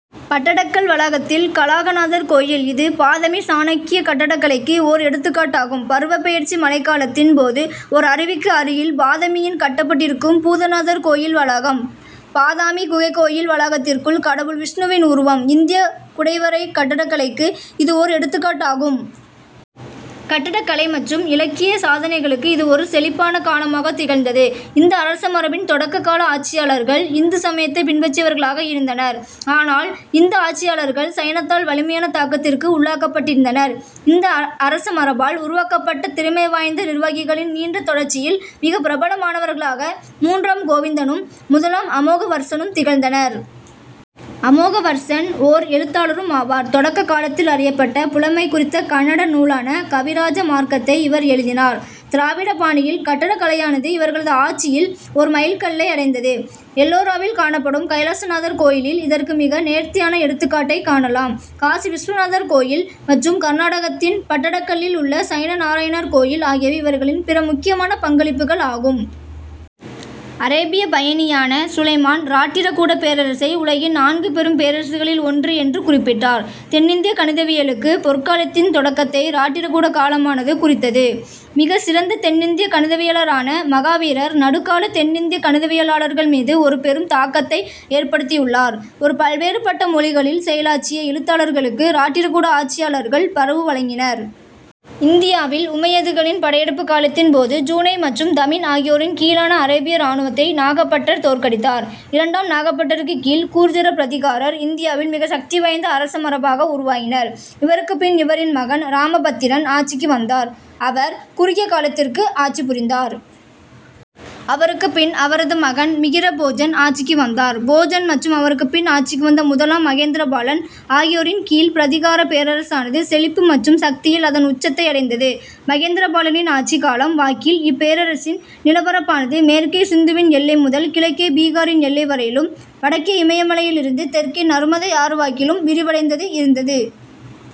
பட்டடக்கல் வளாகத்தில் கலாகநாதர் கோயில். இது பாதமி சாளுக்கிய கட்டடக்கலைக்கு ஓர் எடுத்துக்காட்டாகும் பருவப் பெயர்ச்சி மழைக் காலத்தின் போது ஓர் அருவிக்கு அருகில் பாதமியில் கட்டப்பட்டிருக்கும் பூதநாதர் கோயில் வளாகம். பாதாமி குகைக் கோயில் வளாகத்திற்குள் கடவுள் விஷ்ணுவின் உருவம். இந்தியக் குடைவரைக் கட்டடக்கலைக்கு இது ஓர் எடுத்துக்காட்டாகும். கட்டடக் கலை மற்றும் இலக்கியச் சாதனைகளுக்கு இது ஒரு செழிப்பான காலமாகத் திகழ்ந்தது. இந்த அரசமரபின் தொடக்க கால ஆட்சியாளர்கள் இந்து சமயத்தைப் பின்பற்றியவர்களாக இருந்தனர். ஆனால், இந்த ஆட்சியாளர்கள் சைனத்தால் வலிமையான தாக்கத்திற்கு உள்ளாக்கப்பட்டிருந்தனர். இந்த அரசமரபால் உருவாக்கப்பட்ட திறமை வாய்ந்த நிர்வாகிகளின் நீண்ட தொடர்ச்சியில் மிகப் பிரபலமானவர்களாக மூன்றாம் கோவிந்தனும், முதலாம் அமோகவர்சனும் திகழ்ந்தனர். அமோகவர்சன் ஓர் எழுத்தாளரும் ஆவார். தொடக்க காலத்தில் அறியப்பட்ட, புலமை குறித்த கன்னட நூலான கவிராஜமார்க்கத்தை இவர் எழுதினார். திராவிட பாணியில் கட்டடக்கலையானது இவர்களது ஆட்சியில் ஒரு மைல் கல்லை அடைந்தது. எல்லோராவில் காணப்படும் கைலாசநாதர் கோயிலில் இதற்கு மிக நேர்த்தியான எடுத்துக்காட்டைக் காணலாம். காசி விசுவநாதர் கோயில் மற்றும் கருநாடகத்தின் பட்டடக்கல்லில் உள்ள சைன நாராயணர் கோயில் ஆகியவை இவர்களின் பிற முக்கியமான பங்களிப்புகள் ஆகும். அரேபியப் பயணியான சுலைமான் இராட்டிரகூடப் பேரரசை உலகின் நான்கு பெரும் பேரரசுகளில் ஒன்று என்று குறிப்பிட்டார். தென்னிந்திய கணிதவியலுக்கு பொற்காலத்தின் தொடக்கத்தை இராட்டிரகூட காலமானது குறித்தது. மிகச் சிறந்த தென்னிந்திய கணிதவியலாளரான மகாவீரர் நடுக்கால தென்னிந்திய கணிதவியலாளர்கள் மீது ஒரு பெரும் தாக்கத்தை ஏற்படுத்தியுள்ளார். ஒரு பல்வேறுபட்ட மொழிகளில் செயலாற்றிய எழுத்தாளர்களுக்கு இராட்டிரகூட ஆட்சியாளர்கள் புரவு வழங்கினர். இந்தியாவில் உமையதுகளின் படையெடுப்புக் காலத்தின் போது ஜுனைத் மற்றும் தமீன் ஆகியோரின் கீழான அரேபிய இராணுவத்தை நாகபட்டர் தோற்கடித்தார். இரண்டாம் நாகபட்டருக்குக் கீழ் கூர்ஜர-பிரதிகாரர் இந்தியாவில் மிக சக்தி வாய்ந்த அரசமரபாக உருவாயினர். இவருக்குப்பின் இவரின் மகன் இராமபத்திரன் ஆட்சிக்கு வந்தார். அவர் குறுகிய காலத்திற்கு ஆட்சி புரிந்தார். அவருக்குப் பின் அவரது மகன் மிகிர போஜன் ஆட்சிக்கு வந்தார். போஜன் மற்றும் அவருக்கு பின் ஆட்சிக்கு வந்த முதலாம் மகேந்திரபாலன் ஆகியோரின் கீழ் பிரதிகாரப் பேரரசானது செழிப்பு மற்றும் சக்தியில் அதன் உச்சத்தை அடைந்தது. மகேந்திரபாலனின் ஆட்சிக் காலம் வாக்கில் இப்பேரரசின் நிலப்பரப்பானது மேற்கே சிந்துவின் எல்லை முதல் கிழக்கே பீகாரின் எல்லை வரையிலும், வடக்கே இமயமலையிலிருந்து தெற்கே நருமதை ஆறு வாக்கிலும் விரிவடைந்தது இருந்தது.